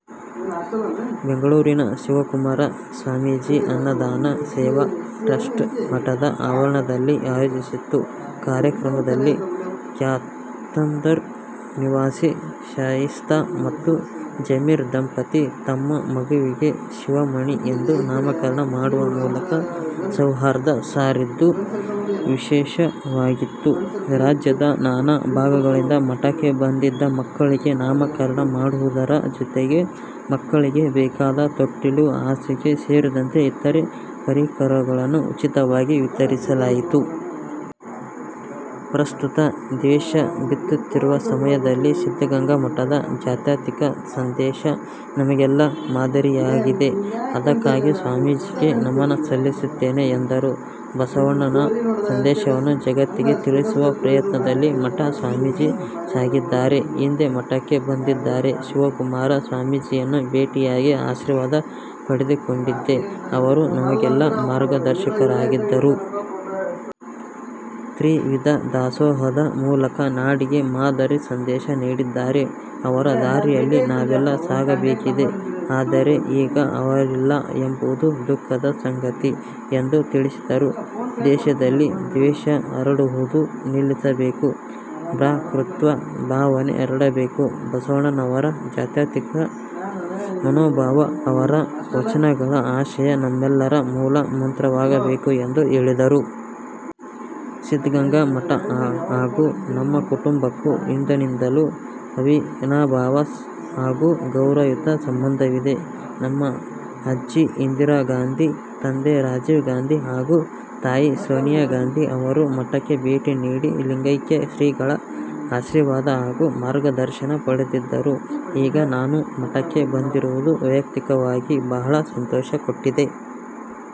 ಬೆಂಗಳೂರಿನ ಶಿವಕುಮಾರ ಸ್ವಾಮೀಜಿ ಅನ್ನದಾನ ಸೇವಾ ಟ್ರಸ್ಟ್ ಮಠದ ಆವರಣದಲ್ಲಿ ಆಯೋಜಿಸಿತ್ತು. ಕಾರ್ಯಕ್ರಮದಲ್ಲಿ ಕ್ಯಾತ್ಸಂದ್ರ ನಿವಾಸಿ ಶಾಹಿಸ್ತಾ ಮತ್ತು ಜಮೀರ್ ದಂಪತಿ ತಮ್ಮ ಮಗುವಿಗೆ 'ಶಿವಮಣಿ' ಎಂದು ನಾಮಕರಣ ಮಾಡುವ ಮೂಲಕ ಸೌಹಾರ್ದ ಸಾರಿದ್ದು ವಿಶೇಷವಾಗಿತ್ತು. ರಾಜ್ಯದ ನಾನಾ ಭಾಗಗಳಿಂದ ಮಠಕ್ಕೆ ಬಂದಿದ್ದ ಮಕ್ಕಳಿಗೆ ನಾಮಕರಣ ಮಾಡುವುದರ ಜೊತೆಗೆ ಮಕ್ಕಳಿಗೆ ಬೇಕಾದ ತೊಟ್ಟಿಲು, ಹಾಸಿಗೆ ಸೇರಿದಂತೆ ಇತರೆ ಪರಿಕರಗಳನ್ನು ಉಚಿತವಾಗಿ ವಿತರಿಸಲಾಯಿತು. ಪ್ರಸ್ತುತ ದ್ವೇಷ ಬಿತ್ತುತ್ತಿರುವ ಸಮಯದಲ್ಲಿ ಸಿದ್ಧಗಂಗಾ ಮಠದ ಜಾತ್ಯತೀತ ಸಂದೇಶ ನಮಗೆಲ್ಲ ಮಾದರಿಯಾಗಿದೆ. ಅದಕ್ಕಾಗಿ ಸ್ವಾಮೀಜಿಗೆ ನಮನ ಸಲ್ಲಿಸುತ್ತೇನೆ'ಎಂದರು. 'ಬಸವಣ್ಣನ ಸಂದೇಶವನ್ನು ಜಗತ್ತಿಗೆ ತಿಳಿಸುವ ಪ್ರಯತ್ನದಲ್ಲಿ ಮಠ, ಸ್ವಾಮೀಜಿ ಸಾಗಿದ್ದಾರೆ. ಹಿಂದೆ ಮಠಕ್ಕೆ ಬಂದಿದ್ದಾಗ ಶಿವಕುಮಾರ ಸ್ವಾಮೀಜಿಯನ್ನು ಭೇಟಿಯಾಗಿ ಆಶೀರ್ವಾದ ಪಡೆದುಕೊಂಡಿದ್ದೆ. ಅವರು ನಮಗೆಲ್ಲ ಮಾರ್ಗದರ್ಶಕರಾಗಿದ್ದರು. ತ್ರಿವಿಧ ದಾಸೋಹದ ಮೂಲಕ ನಾಡಿಗೆ ಮಾದರಿ ಸಂದೇಶ ನೀಡಿದ್ದಾರೆ. ಅವರ ದಾರಿಯಲ್ಲಿ ನಾವೆಲ್ಲ ಸಾಗಬೇಕಿದೆ. ಆದರೆ ಈಗ ಅವರಿಲ್ಲ ಎಂಬುದು ದುಃಖದ ಸಂಗತಿ' ಎಂದು ತಿಳಿಸಿದರು. ದೇಶದಲ್ಲಿ ದ್ವೇಷ ಹರಡುವುದನ್ನು ನಿಲ್ಲಿಸಬೇಕು, ಭ್ರಾತೃತ್ವ ಭಾವನೆ ಹರಡಬೇಕು. ಬಸವಣ್ಣನವರ ಜಾತ್ಯತೀತ ಮನೋಭಾವ, ಅವರ ವಚನಗಳ ಆಶಯ ನಮ್ಮೆಲ್ಲರ ಮೂಲ ಮಂತ್ರವಾಗಬೇಕು ಎಂದು ಹೇಳಿದರು. ಸಿದ್ಧಗಂಗಾ ಮಠ ಹಾಗೂ ನಮ್ಮ ಕುಟುಂಬಕ್ಕೂ ಹಿಂದಿನಿಂದಲೂ ಅವಿನಾಭಾವ ಹಾಗೂ ಗೌರವಯುತ ಸಂಬಂಧವಿದೆ. ನಮ್ಮ ಅಜ್ಜಿ ಇಂದಿರಾ ಗಾಂಧಿ, ತಂದೆ ರಾಜೀವ್ ಗಾಂಧಿ ಹಾಗೂ ತಾಯಿ ಸೋನಿಯಾ ಗಾಂಧಿ ಅವರು ಮಠಕ್ಕೆ ಭೇಟಿ ನೀಡಿ ಲಿಂಗೈಕ್ಯ ಶ್ರೀಗಳ ಆಶೀರ್ವಾದ ಹಾಗೂ ಮಾರ್ಗದರ್ಶನ ಪಡೆದಿದ್ದರು. ಈಗ ನಾನು ಮಠಕ್ಕೆ ಬಂದಿರುವುದು ವೈಯಕ್ತಿಕವಾಗಿ ಬಹಳ ಸಂತೋಷ ಕೊಟ್ಟಿದೆ.